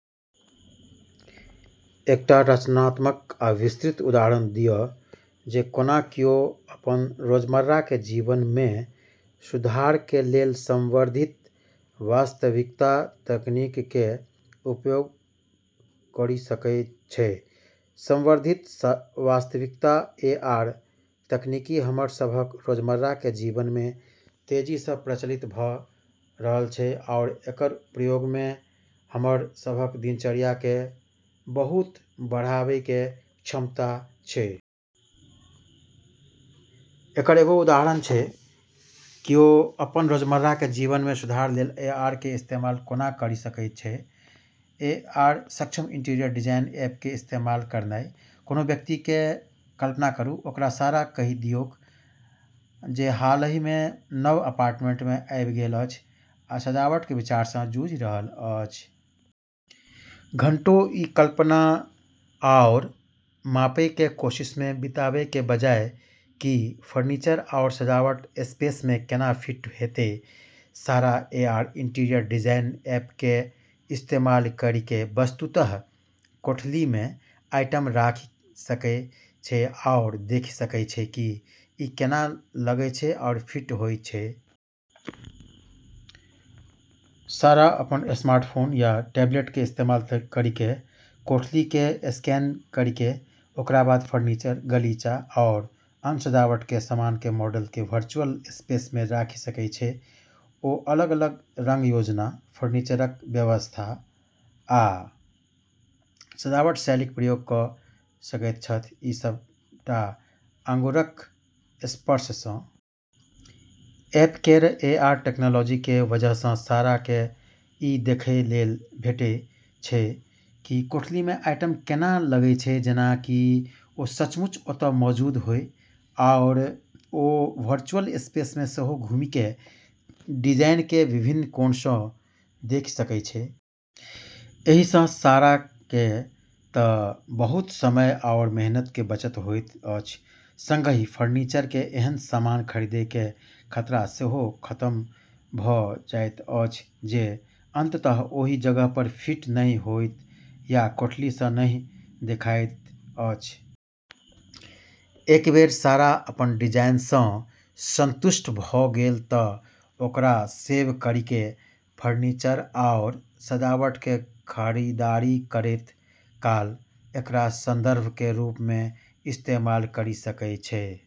एकटा रचनात्मक आ विस्तृत उदाहरण दिअ जे कोना कियो अपन रोजमर्राके जीवनमे सुधारके लेल संवर्धित वास्तविकता तकनीकके उपयोग करि सकै छै। संवर्धित वास्तविकता (एआर) तकनीक हमर सबहक रोजमर्राके जीवनमे तेजीसँ प्रचलित भ' रहल छै आओर एकर प्रयोगमे हमर सबहक दिनचर्याके बहुत बढ़ाबैके क्षमता छै। एकर एगो उदाहरण छै कि किओ अपन रोजमर्राके जीवनमे सुधार लेल एआरके इस्तेमाल कोना करि सकै छै, एआर-सक्षम इंटीरियर डिजाइन ऐपके इस्तेमाल करनाइ । कोनो व्यक्तिके कल्पना करू, ओकरा सारा कहि दियौक, जे हालहिमे नव अपार्टमेंटमे आबि गेल अछि आ सजावटके विचारसँ जूझि रहल अछि। घंटों ई कल्पना आओर मापैके कोशिशमे बिताबैके बजाय कि फर्नीचर आओर सजावट स्पेसमे केना फिट हेतै, सारा एआर इंटीरियर डिजाइन ऐपके इस्तेमाल करिके वस्तुतः कोठलीमे आइटम राखि सकै छै आओर देखि सकै छै कि ई केना लगै छै आओर फिट होइ छै। सारा अपन स्मार्टफोन या टैबलेटके इस्तेमाल करिके कोठलीकेँ स्कैन करिके ओकरबाद फर्नीचर, गलीचा, आओर आन सजावटके सामानके मॉडलके वर्चुअल स्पेसमे राखि सकै छै। ओ अलग-अलग रंग योजना, फर्नीचरक व्यवस्था, आ सजावट शैलीक प्रयोग क' सकैत छथि, ई सबटा आँगुरक स्पर्शसँ। ऐप केर एआर टेक्नोलॉजीके वजहसँ साराके ई देखै लेल भेटै छै कि कोठलीमे आइटम केना लगै छै जेना कि ओ सचमुच ओतऽ मौजूद होइ, आओर ओ वर्चुअल स्पेसमे सेहो घुमिके डिजाइनके विभिन्न कोणसँ देखि सकै छै। एहिसँ साराके त' बहुत समय आओर मेहनतके बचत होइत अछि, संगहि फर्नीचरके एहन सामान खरीदैके खतरा सेहो खतम भ' जाइत अछि जे अंततः ओहि जगह पर फिट नहि होइत या ठीकसँ नहि देखाइत अछि। एक बेर सारा अपन डिजाइनसँ सन्तुष्ट भ' गेल त' ओकरा सेव करिके फर्नीचर आओर सजावटके खरीदारी करैत काल एकरा संदर्भके रूपमे इस्तेमाल करि सकै छै।